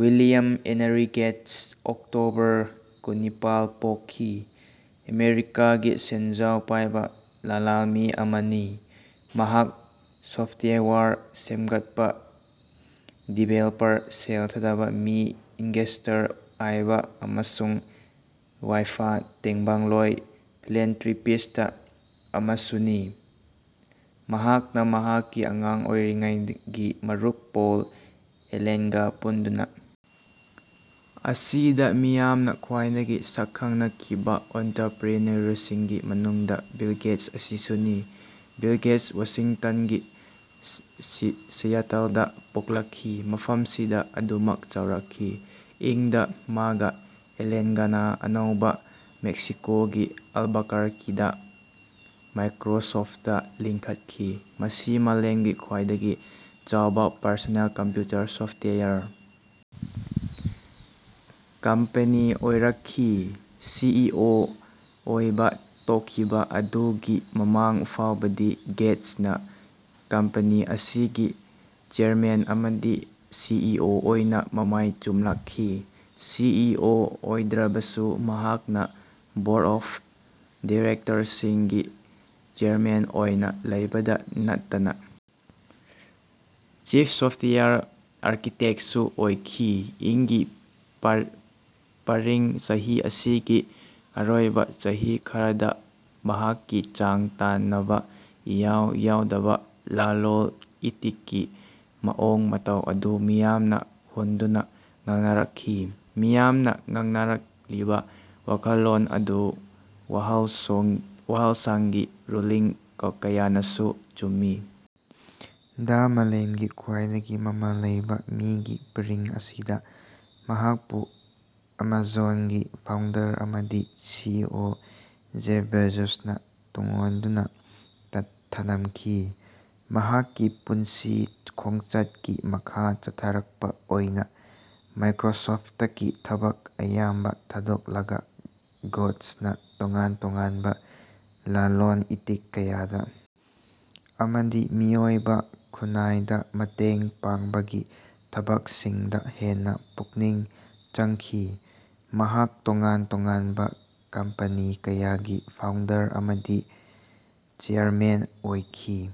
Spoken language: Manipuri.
ꯋꯤꯜꯂꯤꯑꯝ ꯍꯦꯅꯔꯤ ꯒꯦꯠꯁ ( ꯑꯣꯛꯇꯣꯕꯔ ꯀꯨꯟꯅꯤꯄꯥꯜ, ꯄꯣꯛꯈꯤ) ꯑꯃꯦꯔꯤꯀꯥꯒꯤ ꯁꯦꯟꯖꯥꯎ ꯄꯥꯏꯕ ꯂꯜꯂꯜꯃꯤ ꯑꯃꯅꯤ꯫ ꯃꯍꯥꯛ ꯁꯣꯐ꯭ꯇꯋꯦꯌꯔ ꯁꯦꯝꯒꯠꯄ (ꯗꯤꯚꯦꯂꯄꯔ), ꯁꯦꯜ ꯊꯥꯗꯕ ꯃꯤ(ꯏꯟꯚꯦꯁꯇꯔ), ꯑꯏꯕ ꯑꯃꯁꯨꯡ ꯌꯥꯏꯐ ꯇꯦꯡꯕꯥꯡꯂꯣꯏ (ꯐꯤꯂꯥꯟꯇ꯭ꯔꯣꯄꯤꯁ꯭ꯇ) ꯑꯃꯁꯨꯅꯤ꯫ ꯃꯍꯥꯛꯅ ꯃꯍꯥꯛꯀꯤ ꯑꯉꯥꯡ ꯑꯣꯏꯔꯤꯉꯩꯒꯤ ꯃꯔꯨꯞ ꯄꯣꯜ ꯑꯦꯂꯜꯦꯟꯒ ꯄꯨꯟꯗꯨꯅ ꯑꯁꯤꯗ ꯃꯤꯌꯥꯝꯅ ꯈ꯭ꯋꯥꯏꯗꯒꯤ ꯁꯛꯈꯪꯅꯈꯤꯕ ꯑꯣꯟꯇꯄ꯭ꯔꯦꯅꯌ꯭ꯨꯔꯁꯤꯡꯒꯤ ꯃꯅꯨꯡꯗ ꯕꯤꯜ ꯒꯦꯠꯁ ꯑꯁꯤꯁꯨꯅꯤ꯫ ꯕꯤꯜ ꯒꯦꯠꯁ ꯋꯥꯁꯤꯡꯇꯟꯒꯤ ꯁꯤꯌꯥꯇꯜꯗ ꯄꯣꯛꯂꯛꯈꯤ ꯃꯐꯝꯁꯤꯗ ꯑꯗꯨꯃꯛ ꯆꯥꯎꯔꯛꯈꯤ꯫ ꯏꯪ ꯗ ꯃꯥꯒ ꯑꯦꯜꯂꯦꯟꯒꯅ ꯑꯅꯧꯕ ꯃꯦꯛꯁꯤꯀꯣꯒꯤ ꯑꯜꯕꯀꯔꯀꯤꯗ ꯃꯥꯏꯀ꯭ꯔꯣꯁꯣꯐ꯭ꯇ ꯂꯤꯡꯈꯠꯈꯤ꯫ ꯃꯁꯤ ꯃꯥꯂꯦꯝꯒꯤ ꯈ꯭ꯋꯥꯏꯗꯒꯤ ꯆꯥꯎꯕ ꯄꯔꯁꯅꯦꯜ ꯀꯝꯄꯌ꯭ꯨꯇꯔ ꯁꯣꯐ꯭ꯇꯋꯦꯌꯔ ꯀꯝꯄꯦꯅꯤ ꯑꯣꯏꯔꯛꯈꯤ꯫ ꯁꯤ ꯏ ꯑꯣ ꯑꯣꯏꯕ ꯇꯣꯛꯈꯤꯕ ꯑꯗꯨꯒꯤ ꯃꯃꯥꯡ ꯐꯥꯎꯕꯗꯤ ꯒꯦꯠꯁꯅ ꯀꯝꯄꯦꯅꯤ ꯑꯁꯤꯒꯤ ꯆꯦꯌꯔꯃꯦꯟ ꯑꯃꯗꯤ ꯁꯤ ꯏ ꯑꯣ ꯑꯣꯏꯅ ꯃꯃꯥꯏ ꯆꯨꯝꯂꯛꯈꯤ꯫ ꯁꯤ ꯏ ꯑꯣ ꯑꯣꯏꯗꯔꯕꯁꯨ ꯃꯍꯥꯛꯅ ꯕꯣꯔ꯭ꯗ ꯑꯣꯐ ꯗꯤꯔꯦꯛꯇꯔꯁꯤꯡꯒꯤ ꯆꯦꯌꯔꯃꯦꯟ ꯑꯣꯏꯅ ꯂꯩꯕꯗ ꯅꯠꯇꯅ ꯆꯤꯐ ꯁꯣꯐ꯭ꯇꯋꯦꯌꯔ ꯑꯥꯔꯀꯤꯇꯦꯛꯁꯨ ꯑꯣꯏꯈꯤ꯫ ꯏꯪ ꯒꯤ ꯄꯥꯔꯤꯡ ꯆꯍꯤ ꯑꯁꯤꯒꯤ ꯑꯔꯣꯏꯕ ꯆꯍꯤ ꯈꯔꯗ ꯃꯍꯥꯛꯀꯤ ꯆꯥꯡ ꯇꯥꯟꯅꯕ ꯏꯌꯥꯎ ꯌꯥꯎꯗꯕ ꯂꯜꯂꯣꯜ ꯏꯇꯤꯛꯀꯤ ꯃꯑꯣꯡ ꯃꯇꯧ ꯑꯗꯨ ꯃꯤꯌꯥꯝꯅ ꯍꯨꯟꯗꯨꯅ ꯉꯥꯡꯅꯔꯛꯈꯤ꯫ ꯃꯤꯌꯥꯝꯅ ꯉꯥꯡꯅꯔꯛꯂꯤꯕ ꯋꯥꯈꯜꯂꯣꯜ ꯑꯗꯨ ꯋꯥꯌꯦꯜꯁꯪꯒꯤ ꯔꯨꯂꯤꯡ ꯀꯌꯥꯅꯁꯨ ꯆꯨꯝꯃꯤ ꯗ ꯃꯥꯂꯦꯝꯒꯤ ꯈꯋꯥ꯭ꯏꯗꯒꯤ ꯃꯃꯜ ꯂꯩꯕ ꯃꯤꯒꯤ ꯄꯔꯤꯡ ꯑꯁꯤꯗ ꯃꯍꯥꯛꯄꯨ ꯑꯃꯥꯖꯣꯟꯒꯤ ꯐꯥꯎꯟꯗꯔ ꯑꯃꯗꯤ ꯁꯤꯏꯑꯣ ꯖꯦꯐ ꯕꯦꯖꯣꯁꯅ ꯇꯨꯡꯑꯣꯏꯟꯗꯨꯅ ꯊꯅꯝꯈꯤ꯫ ꯃꯍꯥꯛꯀꯤ ꯄꯨꯟꯁꯤ ꯈꯣꯡꯆꯠꯀꯤ ꯃꯈꯥ ꯆꯠꯊꯔꯛꯞ ꯑꯣꯏꯅ ꯃꯥꯏꯀ꯭ꯔꯣꯁꯣꯐ꯭ꯇꯀꯤ ꯊꯕꯛ ꯑꯌꯥꯝꯕ ꯊꯥꯗꯣꯛꯂꯒ ꯒꯣꯠꯁ꯭ꯅ ꯇꯣꯉꯥꯟ ꯇꯣꯉꯥꯟꯕ ꯂꯜꯂꯣꯟ ꯏꯇꯤꯛ ꯀꯌꯥꯗ ꯑꯃꯗꯤ ꯃꯤꯑꯣꯏꯕ ꯈꯨꯟꯅꯥꯏꯗ ꯃꯇꯦꯡ ꯄꯥꯡꯕꯒꯤ ꯊꯕꯛꯁꯤꯡꯗ ꯍꯦꯟꯅ ꯄꯨꯛꯅꯤꯡ ꯆꯪꯈꯤ꯫ ꯃꯍꯥꯛ ꯇꯣꯉꯥꯟ ꯇꯣꯉꯥꯟꯕ ꯀꯝꯄꯦꯅꯤ ꯀꯌꯥꯒꯤ ꯐꯥꯎꯟꯗꯔ ꯑꯃꯗꯤ ꯆꯦꯌꯔꯃꯦꯟ ꯑꯣꯏꯈꯤ꯫